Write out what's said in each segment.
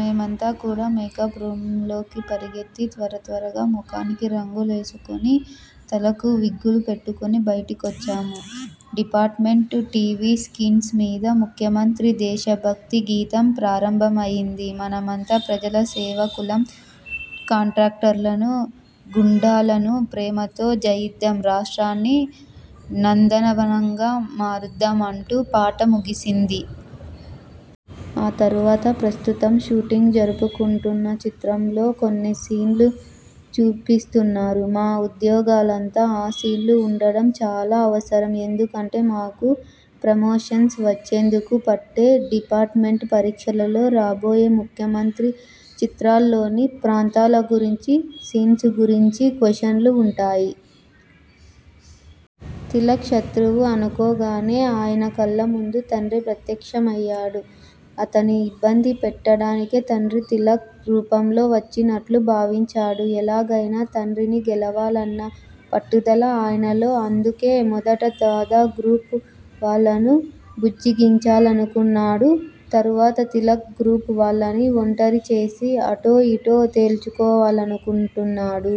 మేమంతా కూడా makeup room లోకి పరుగెత్తి త్వరత్వరగా మొఖానికి రంగులేసుకుని, తలకు విగ్గులు పెట్టుకుని బయటికొచ్చాము. డిపార్ట్ మెంట్ టీవీ స్క్రీన్ మీద ముఖ్యమంత్రి దేశ భక్తి గీతం ప్రారంభమయింది. మనమంతా ప్రజల సేవకులం కాంట్రాక్టర్లనూ, గూండాలనూ ప్రేమతో జయిద్దాం! రాష్ట్రాన్ని నందనవనంగా మారుద్దాం అంటూ పాట ముగిసింది. ఆ తరువాత ప్రస్తుతం షూటింగ్ జరుపుకుంటున్న చిత్రంలో కొన్ని సీన్లు చూపిస్తున్నారు. మా ఉద్యోగులంతా ఆ సీన్లు చూడటం చాలా అవసరం. ఎందుకంటే మాకు ప్రమోషన్స్ వచ్చేందుకు పెట్టే డిపార్ట్ మెంట్ పరీక్షల్లో రాబోయే ముఖ్యమంత్రి చిత్రాల్లోని ప్రాంతాల గురించీ, సీన్స్ గురించీ కొశ్చెన్స్ ఉంటాయ్. తిలక్ శత్రువు అనుకోగానే ఆయన కళ్ళముందు తండ్రి ప్రత్యక్షమయ్యాడు. అ తనని ఇబ్బంది పెట్టడానికే తండ్రి తిలక్ రూపంలో వచ్చినట్టు భావించాడు. ఎలాగయినా తండ్రిని గెలవాలన్న పట్టుదల ఆయనలో. అందుకే మొదట దాదా గ్రూప్ వాళ్ళను బుజ్జగించాలనుకున్నాడు. తరువాత తిలక్ గ్రూప్ వాళ్ళని ఒంటరి చేసి అటో ఇటో తేల్చుకోవాలనుకుంటున్నాడు.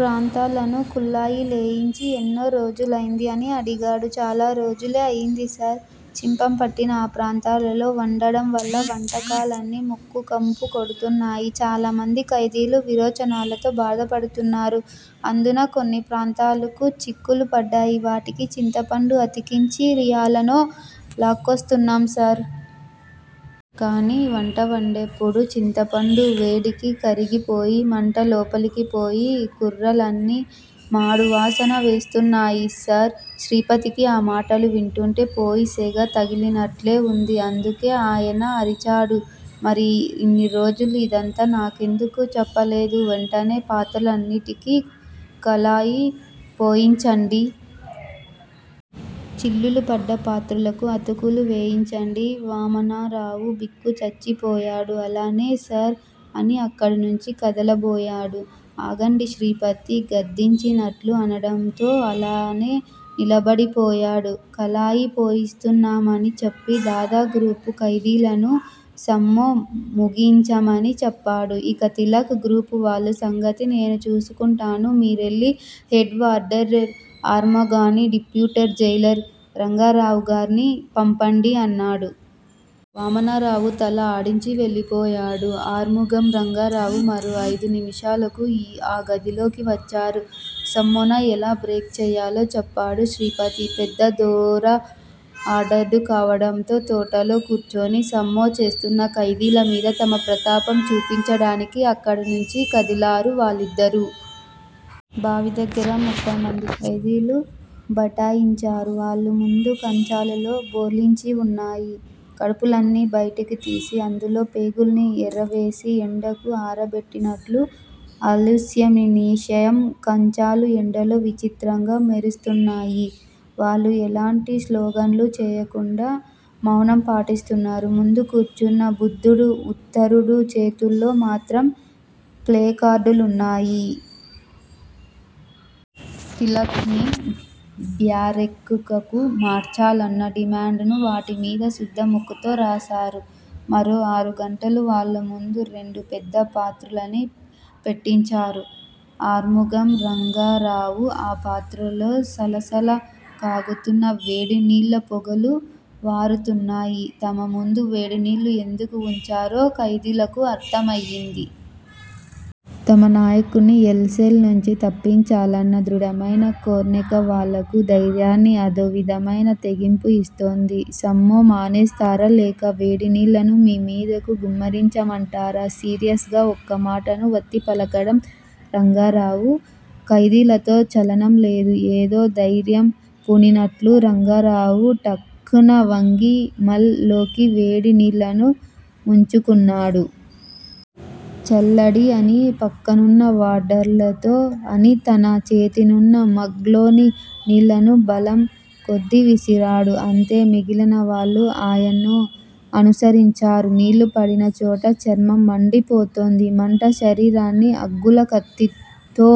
పాత్రలను కళాయి లేయించి ఎన్ని రోజులైంది అని అడిగాడు. చాలా రోజులే అయ్యింది సార్. చిలుంపట్టిన ఆ పాత్రల్లో వండడం వల్ల వంటకాలన్నీ ముక్క కంపు కొడుతున్నాయి. చాలామంది ఖైదీలు విరోచనాలతో బాధపడుతున్నారు. అందునా కొన్ని ప్రాంత్రలకు చిల్లులు పడ్డాయి. వాటికి చింతపండు అతికించి యెలానో లాక్కొస్తున్నాం సార్. కానీ వంట వండేప్పుడు చింతపండు వేడికి కరిగిపోయి మంట లోపలికి పోయి కూరలన్నీ మాడు వాసన వేస్తున్నాయి సార్. శ్రీపతికి ఆ మాటలు వింటుంటే పొయ్యి సెగ తగిలినట్లే వుంది. అందుకే ఆయన అరిచాడు మరి ఇన్ని రోజులు ఇదంతా నాకెందుకు చెప్పలేదు. వెంటనే పాత్రలన్నిటికీ కళాయి పోయించండి. చిల్లులు పడ్డ పాత్రలకు అతుకులు వేయించండి వామనరావు బిక్కచచ్చిపోయాడు. అలానే సార్ అని అక్కడినుంచి కదలబోయాడు. ఆగండి శ్రీపతి గద్దించినట్టు అనడంతో అలానే నిలబడిపోయాడు. కళాయి పోయిస్తున్నామని చెప్పి దాదా గ్రూప్ ఖైదీలను సమ్మె ముగించమని చెప్పాడు. ఇక తిలక్ గ్రూప్ వాళ్ళ సంగతి నేను చూసుకుంటాను మీరెళ్ళి హెడ్ వార్డర్ ఆర్ముగాన్ని, డిప్యూటి జైలర్ రంగారావునీ పంపండి అన్నాడు. వామనరావు తల ఆడించి వెళ్ళిపోయాడు. ఆర్ముగం, రంగారావు మరో అయిదు నిముషాలకు ఆ గదిలోకి వచ్చారు. సమ్మెను ఎలా బ్రేక్ చేయాలో చెప్పాడు శ్రీపతి. పెద్ద దొర ఆర్డర్ కావడంతో తోటలో కూర్చుని సమ్మె చేస్తున్న ఖైదీల మీద తమ ప్రతాపం చూపించడానికి అక్కడి నుంచి కదిలారు వాళ్ళిద్దరూ. బావి దగ్గర ముప్ఫై మంది ఖైదీలు బైఠాయించారు. వాళ్ళ ముందు కంచాలు బోర్లించి వున్నాయి. కడుపుల్ని బయటకు తీసి అందులోని పేగులన్నీ ఏరివేసి ఎండకు ఆరబెట్టినట్టు? అల్యూషామినియం కంచాలు ఎండలో విచిత్రంగా మెరుస్తున్నాయి. వాళ్ళు ఎలాంటి స్లోగన్లు చేయకుండా మౌనం పాటిస్తున్నారు. ముందు కూర్చున్న బుద్ధుడు, ఉత్తరుడు చేతుల్లో మాత్రం ప్లేకార్డులున్నాయి. తిలక్ ని బ్యారెక్కుకు మార్చాలన్న డిమాండ్ ను వాటిమీద సుద్ద ముక్కతో రాసారు. మరో అరగంటకు వాళ్ళముందు రెండు పెద్ద పాత్రల్ని పెట్టించారు ఆర్ముగం, రంగారావు. ఆ పాత్రలో సలసల కాగుతున్న వేడినీళ్ళ పొగలు వారుతున్నాయి. తమ ముందు వేడినీళ్ళు ఎందుకు వుంచారో ఖైదీలకు అర్థమైంది. తమ నాయకుడ్ని ఎల్ సెల్ నుంచి తప్పించాలన్న దృఢమైన కోర్కె వాళ్ళకు ధైర్యాన్ని, అదో విధమైన తెగింపు ఇస్తోంది. సమ్మె మానేస్తారా లేక వేడి నీళ్ళను మీ మీద గుమ్మరించమంటారా? సీరియస్ గా ఒక్కో మాటను వత్తి పలికడం రంగారావు. ఖైదీలలో చలనం లేదు. ఏదో దెయ్యం పూనినట్టు రంగారావు ఠక్కున వంగి మగ్ లోకి వేడి నీళ్ళను ముంచుకున్నాడు. చల్లండి అని పక్కనున్న వార్డర్లతో అని తన చేతినున్న మగ్ లోని నీళ్ళను బలం కొద్దీ విసిరాడు. అంతే మిగిలిన వాళ్ళూ ఆయన్ను అనుసరించారు. నీళ్ళు పడిన చోట చర్మం మండిపోతోంది. మంట శరీరాన్ని అగ్గుల కత్తితో